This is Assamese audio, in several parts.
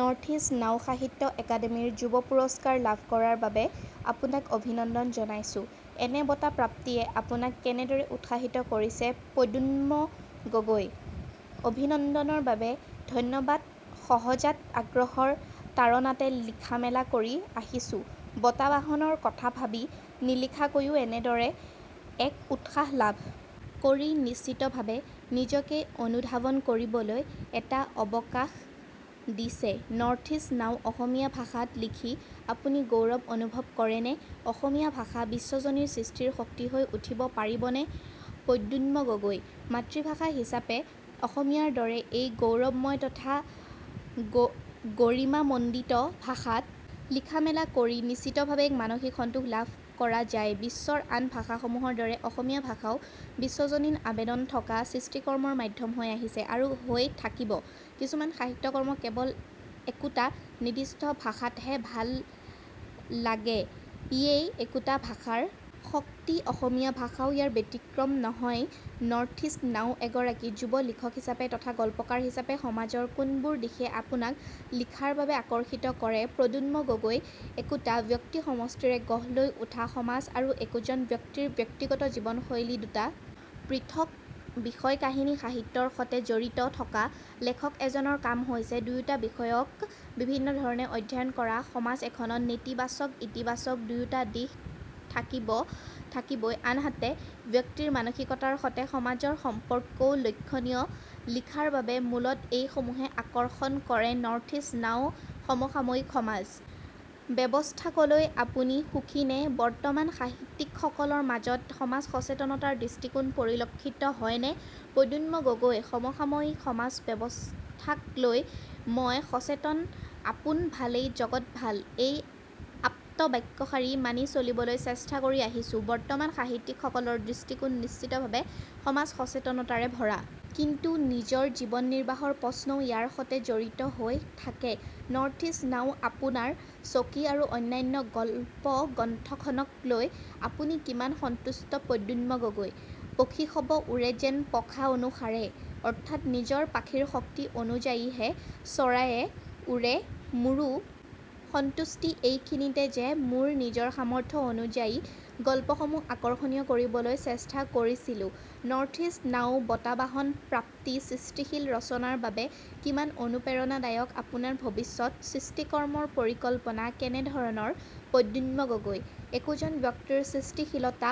নৰ্থইষ্ট নাওসাহিত্য একাডেমীৰ যুৱ পুৰস্কাৰ লাভ কৰাৰ বাবে আপোনাক অভিনন্দন জনাইছোএনে বঁটা প্ৰাপ্তিয়ে আপোনাক কেনেদৰে উৎসাহিত কৰিছে প্ৰদ্যুন্ম গগৈ:অভিনন্দনৰ বাবে ধন্যবাদসহজাত আগ্ৰহৰ তাড়ণাতে লিখামেলা কৰি আহিছোবঁটাবাহনৰ কথা ভাবি নিলিখাকৈও এনেদৰে এক উৎসাহ লাভ কৰি নিশ্চিতভাৱে নিজকে অনুধাৱন কৰিবলৈ এটা অৱকাশ দিছেনৰ্থইষ্ট নাওঅসমীয়া ভাষাত লিখি আপুনি গৌৰৱ অনুভৱ কৰেনে অসমীয়া ভাষা বিশ্বজনীন সৃষ্টিৰ শক্তি হৈ উঠিব পাৰিবনে প্ৰদ্যুন্ম গগৈ:মাতৃভাষা হিচাপে অসমীয়াৰ দৰে এই গ গৌৰৱময় তথা গৰিমামণ্ডিত ভাষাত লিখামেলা কৰি নিশ্চিতভাৱে এক মানসিক সন্তোষ লাভ কৰা যায়বিশ্বৰ আন ভাষাসমূহৰ দৰে অসমীয়া ভাষাও বিশ্বজনীন আবেদন থকা সৃষ্টিকৰ্মৰ মাধ্যম হৈ আহিছে আৰু হৈ থাকিবকিছুমান সাহিত্যকৰ্ম কেৱল একোটা নিৰ্দিষ্ট ভাষাতহে ভাল লাগেইয়েই একোটা ভাষাৰ শক্তিঅসমীয়া ভাষাও ইয়াৰ ব্যতিক্ৰম নহয়নৰ্থইষ্ট নাওএগৰাকী যুৱ লিখক হিচাপে তথা গল্পকাৰ হিচাপে সমাজৰ কোনবোৰ দিশে আপোনাক লিখাৰ বাবে আকৰ্ষিত কৰে প্ৰদ্যুন্ম গগৈএকোটা ব্যক্তিসমষ্টিৰে গঢ় লৈ উঠা সমাজ আৰু একোজন ব্যক্তিৰ ব্যক্তিগত জীৱনশৈলী দুটা পৃথক বিষয়কাহিনী সাহিত্যৰ সতে জড়িত থকা লেখক এজনৰ কাম হৈছে দুয়োটা বিষয়ক বিভিন্নধৰণে অধ্যয়ন কৰাসমাজ এখনত নেতিবাচকইতিবাচক দুয়োটা দিশ থাকিবইআনহাতে ব্যক্তিৰ মানসিকতাৰ সতে সমাজৰ সম্পৰ্কও লক্ষ্যণীয়লিখাৰ বাবে মূলতঃ এইসমূহে আকৰ্ষণ কৰেনৰ্থইষ্ট নাওসমসাময়িক সমাজ ব্যৱস্থাকলৈ আপুনি সুখীনে বৰ্তমান সাহিত্যিকসকলৰ মাজত সমাজ সচেতনতাৰ দৃষ্টিকোণ পৰিলক্ষিত হয়নে প্ৰদ্যুন্ম গগৈ:সমসাময়িক সমাজ ব্যৱস্থাকলৈ মই সচেতনআপোন ভালেই জগত ভাল এই আপ্তবাক্যশাৰী মানি চলিবলৈ চেষ্টা কৰি আহিছোবৰ্তমান সাহিত্যিকসকলৰ দৃষ্টিকোণ নিশ্চিতভাৱে সমাজ সচেতনতাৰে ভৰা কিন্তু নিজৰ জীৱন নিৰ্বাহৰ প্ৰশ্নও ইয়াৰ সতে জড়িত হৈ থাকেনৰ্থইষ্ট নাওআপোনাৰ চকী আৰু অন্যান্য গল্প গ্ৰন্থখনক লৈ আপুনি কিমান সন্তুষ্ট প্ৰদ্যুন্ম গগৈ:পখী সৱ উৰে যেন পখা অনুসাৰেঅৰ্থাৎ নিজৰ পাখিৰ শক্তি অনুযায়ীহে চৰাইয়ে উৰেমোৰো সন্তষ্টি এইখিনিতে যে মোৰ নিজৰ সাম্যৰ্থ অনুযায়ী গল্পসমূহ আকৰ্ষণীয় কৰিবলৈ চেষ্টা কৰিছিলোনৰ্থইষ্ট নাওবঁটাবাহন প্ৰাপ্তি সৃষ্টিশীল ৰচনাৰ বাবে কিমান অনুপ্ৰেৰণাদায়ক আপোনাৰ ভৱিষ্যত সৃষ্টিকৰ্মৰ পৰিকল্পনা কেনেধৰণৰ প্ৰদ্যুন্ম গগৈ:একোজন ব্যক্তিৰ সৃষ্টিশীলতা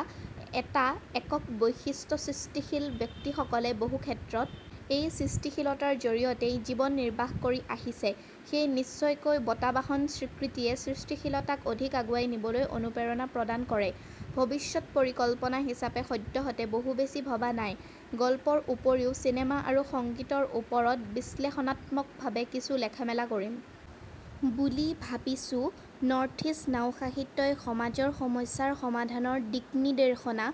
এটা একক বৈশিষ্ট্যসৃষ্টিশীল ব্যক্তিসকলে বহুক্ষেত্ৰত এই সৃষ্টিশীলতাৰ জৰিয়তেই জীৱন নিৰ্বাহ কৰি আহিছেসেয়ে নিশ্চয়কৈ বঁটাবাহনস্বীকৃতিয়ে সৃষ্টিশীলতাক অধিক আগুৱাই নিবলৈ অনুপ্ৰেৰণা প্ৰদান কৰেভৱিষ্যত পৰিকল্পনা হিচাপে সদ্যহতে বহু বেছি ভৱা নাই গল্পৰ উপৰিও চিনেমা আৰু সংগীতৰ ওপৰত বিশ্লেষণাত্মকভাৱে কিছু লেখামেলা কৰিম বুলি ভাৱিছোনৰ্থইষ্ট নাওসাহিত্যই সমাজৰ সমস্যাৰ সমাধানৰ দিক্নিৰ্দেশনা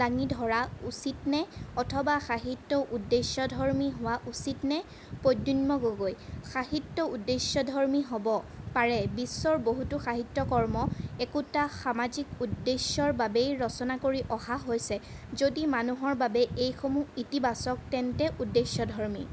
দাঙি ধৰা উচিতনে অথবা সাহিত্য উদ্দেশ্যধৰ্মী হোৱা উচিতনে প্ৰদ্যুন্ম গগৈ:সাহিত্য উদ্দেশ্যধৰ্মী হব পাৰেবিশ্বৰ বহুতো সাহিত্যকৰ্ম একোটা সামাজিক উদ্দেশ্যৰ বাবেই ৰচনা কৰি অহা হৈছেযদি মানুহৰ বাবে এইসমূহ ইতিবাচক তেন্তে উদ্দেশ্যধৰ্মী